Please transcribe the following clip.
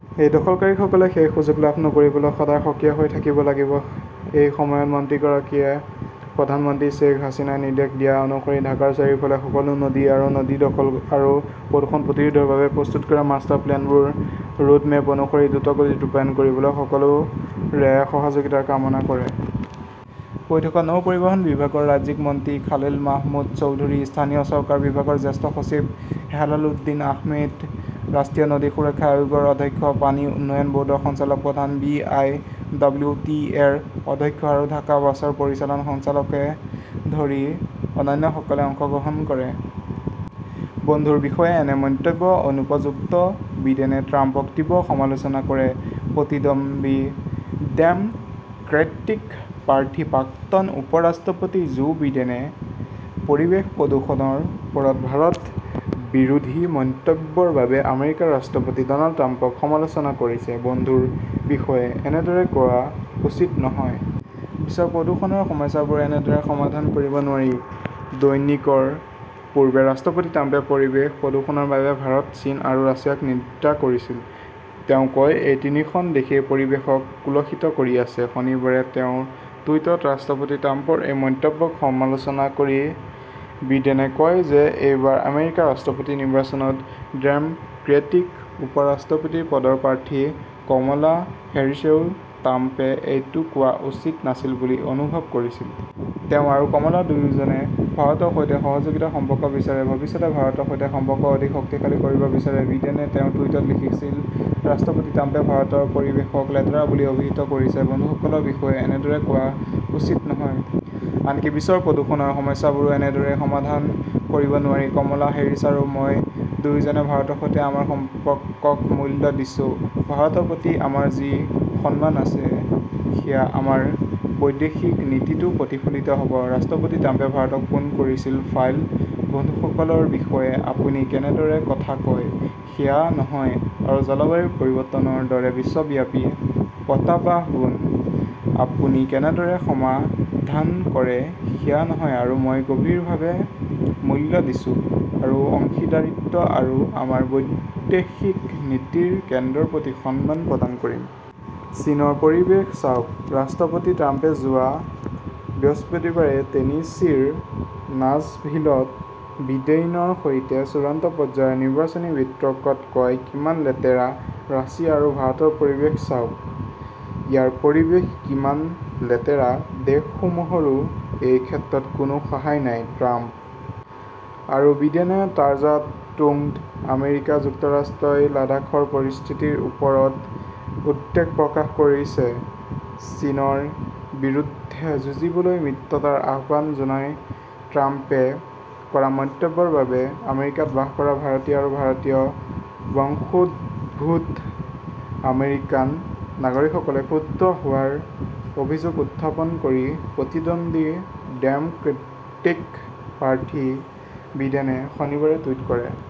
এই দখলকাৰীসকলে সেই সুযোগ লাভ নকৰিবলৈ সদায় সক্ৰিয় হৈ থাকিব লাগিব। এই সময়ত মন্ত্ৰীগৰাকীয়ে প্ৰধানমন্ত্ৰী শ্বেইখ হাছিনাই নিৰ্দেশ দিয়া অনুসৰি ঢাকাৰ চাৰিওফালৰ সকলো নদী আৰু নদী দখল আৰু প্ৰদূষণ প্ৰতিৰোধৰ বাবে প্ৰস্তুত কৰা মাষ্টাৰ প্লেনবোৰ ৰোডমেপ অনুসৰি দ্ৰুতগতিত ৰূপায়ণ কৰিবলৈ সকলোৰে সহযোগিতাৰ কামনা কৰে। বৈঠকত নৌ পৰিবহণ বিভাগৰ ৰাজ্যিক মন্ত্ৰী খালিদ মাহমুদ চৌধুৰী, স্থানীয় চৰকাৰ বিভাগৰ জ্যেষ্ঠ সচিব হেলালুদ্দিন আহমেদ, ৰাষ্ট্ৰীয় নদী সুৰক্ষা আয়োগৰ অধ্যক্ষ, পানী উন্নয়ন বৰ্ডৰ সঞ্চালক প্ৰধান, B. I. W. T. A. -ৰ অধ্যক্ষ আৰু ঢাকা ৱাছাৰ পৰিচালন সঞ্চালককে ধৰি অন্যান্যসকলে অংশগ্ৰহণ কৰে। বন্ধুৰ বিষয়ে এনে মন্তব্য অনুপযুক্ত বিডেনে ট্ৰাম্পক তীব্ৰ সমালোচনা কৰে। প্ৰতিদ্বন্দ্বী ডেম ক্ৰেটিক প্ৰাৰ্থী প্ৰাক্তন উপ-ৰাষ্ট্ৰপতি জো বিডেনে পৰিৱেশ প্ৰদূষণৰ ওপৰত ভাৰত বিৰোধী মন্তব্যৰ বাবে আমেৰিকাৰ ৰাষ্ট্ৰপতি ডনাল্ড ট্ৰাম্পক সমালোচনা কৰিছে। বন্ধুৰ বিষয়ে এনেদৰে কোৱা উচিত নহয়। বিশ্বৰ প্ৰদূষণৰ সমস্যাবোৰ এনেদৰে সমাধান কৰিব নোৱাৰি। দৈনিকৰ পূৰ্বে ৰাষ্ট্ৰপতি ট্ৰাম্পে পৰিৱেশ প্ৰদূষণৰ বাবে ভাৰত, চীন আৰু ৰাছিয়াক নিন্দা কৰিছিল। তেওঁ কয়, এই তিনিখন দেশেই পৰিৱেশক কুলষিত কৰি আছে। শনিবাৰে তেওঁৰ টুইটত ৰাষ্ট্ৰপতি ট্ৰাম্পৰ এই মন্তব্যক সমালোচনা কৰি বিডেনে কয় যে এইবাৰ আমেৰিকাৰ ৰাষ্ট্ৰপতি নিৰ্বাচনত ডেম ক্ৰেটিক উপ-ৰাষ্ট্ৰপতি পদৰ প্ৰাৰ্থী কমলা হেৰিছেও ট্ৰাম্পে এইটো কোৱা উচিত নাছিল বুলি অনুভৱ কৰিছিল। তেওঁ আৰু কমলা দুয়োজনে ভাৰতৰ সৈতে সহযোগিতাৰ সম্পৰ্ক বিচাৰে। ভৱিষ্যতে ভাৰতৰ সৈতে সম্পৰ্ক অধিক শক্তিশালী কৰিব বিচাৰে, বিডেনে তেওঁৰ টুইটত লিখিছিল ৰাষ্ট্ৰপতি ট্ৰাম্পে ভাৰতৰ পৰিৱেশক লেতেৰা বুলি অভিহিত কৰিছে। বন্ধুসকলৰ বিষয়ে এনেদৰে কোৱা উচিত নহয়। আনকি বিশ্বৰ প্ৰদূষণৰ সমস্যাবোৰো এনেদৰে সমাধান কৰিব নোৱাৰি। কমলা হেৰিছ আৰু মই দুয়োজনে ভাৰতৰ সৈতে আমাৰ সম্পৰ্কক মূল্য দিছো। ভাৰতৰ প্ৰতি আমাৰ যি সন্মান আছে সেয়া আমাৰ বৈদেশিক নীতিতো প্ৰতিফলিত হ'ব। ৰাষ্ট্ৰপতি ট্ৰাম্পে ভাৰতক ফোন কৰিছিল ফাইল বন্ধুসকলৰ বিষয়ে আপুনি কেনেদৰে কথা কয় সেয়া নহয় আৰু জলবায়ু পৰিৱৰ্তনৰ দৰে বিশ্বব্যাপী প্ৰত্যাহ্বানবোৰ আপুনি কেনেদৰে সমাধান কৰে সেয়া নহয় আৰু মই গভীৰভাৱে মূল্য দিছোঁ আমাৰ অংশীদাৰিত্ব আৰু আমাৰ বৈদেশিক নীতিৰ কেন্দ্ৰৰ প্ৰতি সন্মান প্ৰদান কৰিম। চীনৰ পৰিৱেশ চাওক ।ৰাষ্ট্ৰপতি ট্ৰাম্পে যোৱা বৃহস্পতিবাৰে টেনিছিৰ নাছভিলত বিডেইনৰ সৈতে চূড়ান্ত পৰ্যায়ৰ নিৰ্বাচনী বিতৰ্কত কয়, কিমান লেতেৰা। ৰাছিয়া আৰু ভাৰতৰ পৰিৱেশ চাওক। ইয়াৰ পৰিৱেশ কিমান লেতেৰা। দেশসমূহৰো এই ক্ষেত্ৰত কোনো সহায় নাই ,ট্ৰাম্প আৰু বিডেনে টাৰ্জা টুংত আমেৰিকা যুক্তৰাষ্ট্ৰই লাডাখৰ পৰিস্থিতিৰ ওপৰত উদ্বেগ প্ৰকাশ কৰিছে, চীনৰ বিৰুদ্ধে যুঁজিবলৈ মিত্ৰতাৰ আহ্বান জনাই ট্ৰাম্পে কৰা মন্তব্যৰ বাবে আমেৰিকাত বাস কৰা ভাৰতীয় আৰু ভাৰতীয় বংশোদ্ভূত আমেৰিকান নাগৰিকসকলে ক্ষুব্ধ হোৱাৰ অভিযোগ উত্থাপন কৰি প্ৰতিদ্বন্দ্বী ডেম ক্ৰেটিক প্ৰাৰ্থী বিডেনে শনিবাৰে টুইট কৰে।